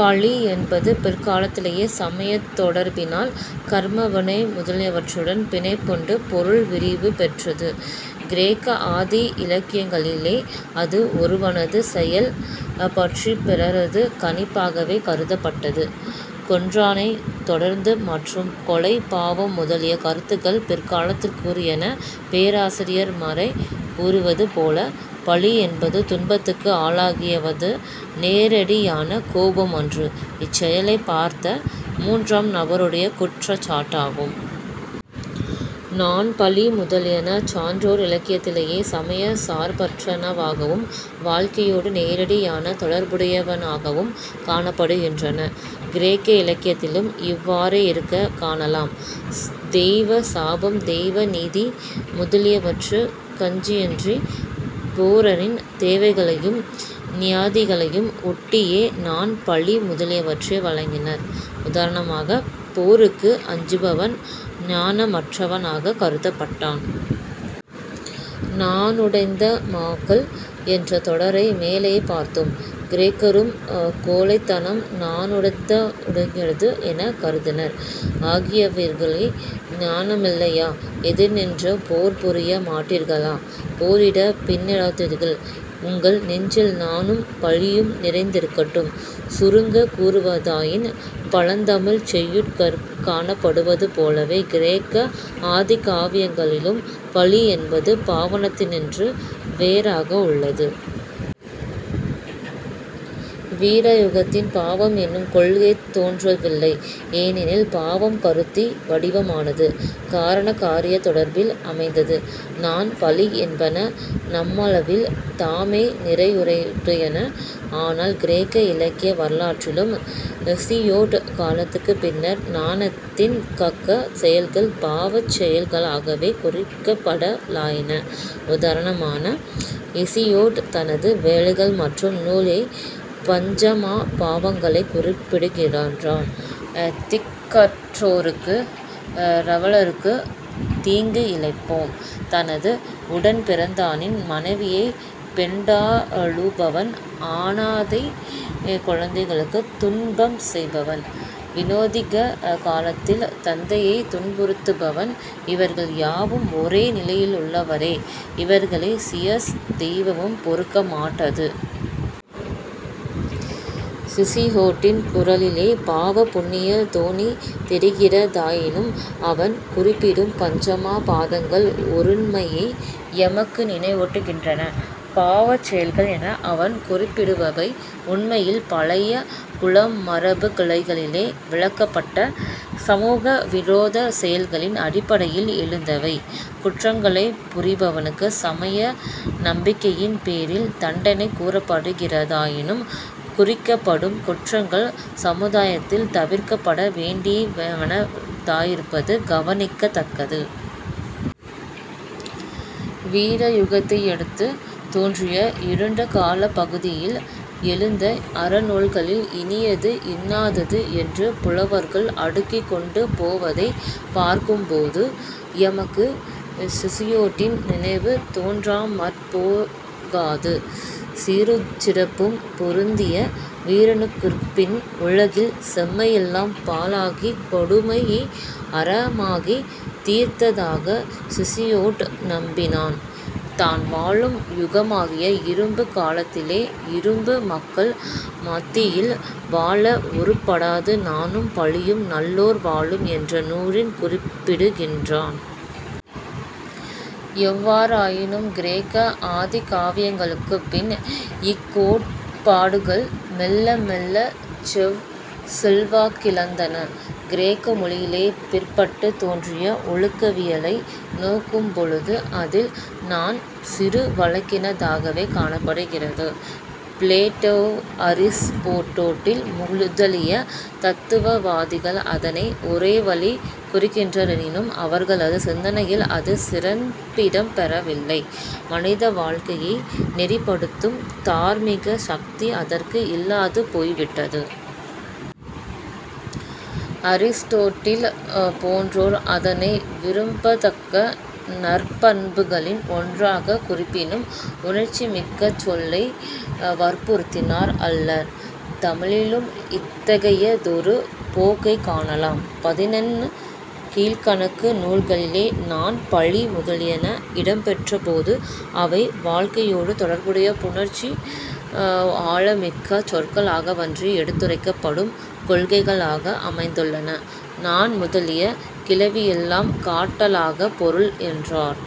பழி என்பது பிற்காலத்திலே சமயத் தொடர்பினால், கர்ம வினை முதலியவற்றுடன் பிணைப்புண்டு பொருள் விரிவு பெற்றது. கிரேக்க ஆதி இலக்கியங்களிலே அது ஒருவனது செயல் பற்றிப் பிறரது கணிப்பாகவே கருதப்பட்டது. கொன்றானைத் தொடர்ந்து பற்றும் கொலைப் பாவம் முதலிய கருத்துகள் பிற்காலத்துக்குரியன. பேராசிரியர் மறே கூறுவது போல "பழி என்பது துன்பத்துக்கு ஆளாகியவனது நேரடியான கோபம் அன்று; இச்செயலைப் பார்த்த மூன்றாம் நபருடைய குற்றச் சாட்டாகும். " நாண், பழி முதலியன சான்றோர் இலக்கியத்திலே சமயச் சார்பற்றனவாகவும் வாழ்க்கையோடு நேரடியான தொடர்புடையனவாகவும் காணப்படுகின்றன. கிரேக்க இலக்கியத்திலும் இவ்வாறேயிருக்கக் காணலாம். தெய்வ சாபம், தெய்வ நீதி முதலியவற்றுக் கஞ்சியன்றி, போரின் தேவைகளையும் நியதிகளையும் ஒட்டியே நாண், பழி முதலியவற்றை வழங்கினர். உதாரணமாக, போருக்கு அஞ்சுபவன் நாணமற்றவனாகக் கருதப்பட்டான். 'நாணுடைந்த மாக்கள்' என்ற தொடரை மேலே பார்த்தோம். கிரேக்கரும் கோழைத்தனம் நாணுத்தகவுடையது எனக் கருதினர். "ஆகிவியர்களே நாணமில்லையா? எதிர் நின்று போர் புரிய மாட்டீர்களா? " "போரிடப் பின்னிடாதீர்கள் உங்கள் நெஞ்சில் நாணும் பழியும் நிறைந்திருக்கட்டும்" சுருங்கக் கூறுவதாயின், பழந்தமிழ்ச் செய்யுட்களிற் காணப்படுவதுபோலவே கிரேக்க ஆதிகாவியங்களிலும் பழி என்பது பாவனத்தினின்றும் வேறாக உள்ளது. வீரயுகத்தில் பாவம் என்னும் கொள்கை தோன்றவில்லை. ஏனெனில் பாவம் கருத்து வடிவானது; காரணகாரியத் தொடர்பில் அமைந்தது. நாண், பழி என்பன தம்மளவில் தாமே நிறையுடையன, ஆனால் கிரேக்க இலக்கிய வரலாற்றிலும் ஹீசியொட் காலத்துக்குப் பின்னர், நாணத்தக்க செயல்கள் பாவச் செயல்களாகவே குறிக்கப்படலாயின. உதாரணமாக ஹீசியொட் தனது வேலைகள் என்னும் நூலிலே பஞ்சமா பாவங்களைக் குறிப்பிடுகிறான்: "திக்கற்றோருக்கும் இரவலருக்கும் தீங்கு இழைப்போன்; தனது உடன் பிறந்தானின் மனைவியைப் பெண்டாளுபவன் " "ஆனாதைக் குழந்தைகளுக்குத் துன்பம் செய்பவன்;" "வயோதிக காலத்தில் தந்தையைத் துன்புறுத்துபவன்; இவர்கள் யாவரும் ஒரே நிலையிலுள்ளவரே, இவர்களைச் சீயஸ் தெய்வமும் பொறுக்கமாட்டாது. " ஹீசியொட்டின் குரலிலே பாவ, புண்ணிய தொனி தெரிகிறதாயினும், அவன் குறிப்பிடும் பஞ்சமா பாதங்கள் ஒருண்மையை எமக்கு நினைவூட்டுகின்றன. பாபச் செயல்கள் என அவன் குறிப்பிடுபவை, உண்மையில் பழைய குலமரபுக்கிளைகளிலே விலக்கப்பட்ட 'சமூக விரோத'ச் செயல்களின் அடிப்படையில் எழுந்தவை. குற்றங்களைப் புரிபவனுக்குச் சமய நம்பிக்கையின் பேரில் தண்டனை கூறப்படுகிறதாயினும், குறிக்கப்படும் குற்றங்கள் சமுதாயத்தில் தவிர்க்கப்பட வேண்டியனவாயிருப்பது கவனிக்கத் தக்கது. வீரயுகத்தையடுத்து தோன்றிய "இருண்ட காலப் பகுதி"யில் எழுந்த அறநூல்களில், இனியது, இன்னாதது என்று புலவர்கள் அடுக்கிக் கொண்டுபோவதைப் பார்க்கும்போது, எமக்கு ஹூசியொட்டின் நினைவு தோன்றாமற் போகாது. சீருஞ் சிறப்பும் பொருந்திய வீரயுகத்திற்குப் பின் உலகில் 'செம்மையெல்லாம் பாழாகிக் கொடுமையே அறமாகித் தீர்ந்த'தாக ஹீசியொட் நம்பினான். தான் வாழும் யுகமாகிய இரும்புக் காலத்திலே இரும்பு மக்கள் மத்தியில் வாழ ஒருப்படாது நாணும் பழியும் நல்லோர் வாழும் என்ற நூலிற் குறிப்பிடுகின்றான். எவ்வாறாயினும் கிரேக்க ஆதிகாவியங்களுக்குப்பின் இக்கோட்பாடுகள் மெல்ல மெல்லச் செல்வாக்கிழந்தன. கிரேக்க மொழியிலே பிற்பட்டுத் தோன்றிய ஒழுக்கவியலை நோக்கும்பொழுது அதில் நாண் சிறு வழக்கினதாகவே காணப்படுகிறது. பிளேட்டோ, அரிஸ்டோட்டில் முதலிய தத்துவவாதிகள் அதனை ஒரோவழி குறிக்கின்றனரெனினும், அவர்களது சிந்தனையில் அது சிறப்பிடம் பெறவில்லை. மனிதவாழ்க்கையை நெறிப்படுத்தும் தார்மீக சக்தி அதற்கு இல்லாது போய்விட்டது. அரிஸ்டோட்டில் போன்றோர் அதனை விரும்பத்தக்க நற்பண்புகளில் ஒன்றாகக் குறிப்பினும், உணர்ச்சிமிக்க அச்சொல்லை வற்புறுத்தினார் அல்லர். தமிழிலும் இத்தகையதொரு போக்கைக் காணலாம். பதினெண் கீழ்க்கணக்கு நூல்களிலே நாண், பழி முதலியன இடம்பெற்றபோதும், அவை வாழ்க்கையோடு தொடர்புடைய உணர்ச்சி ஆழமிக்க சொற்களாகவன்றி எடுத்துரைக்கப்படும் கொள்கைகளாக அமைந்துள்ளன. நாண் முதலிய "கிளவியெல்லாம் காட்டலாகப் பொருள்" என்றார்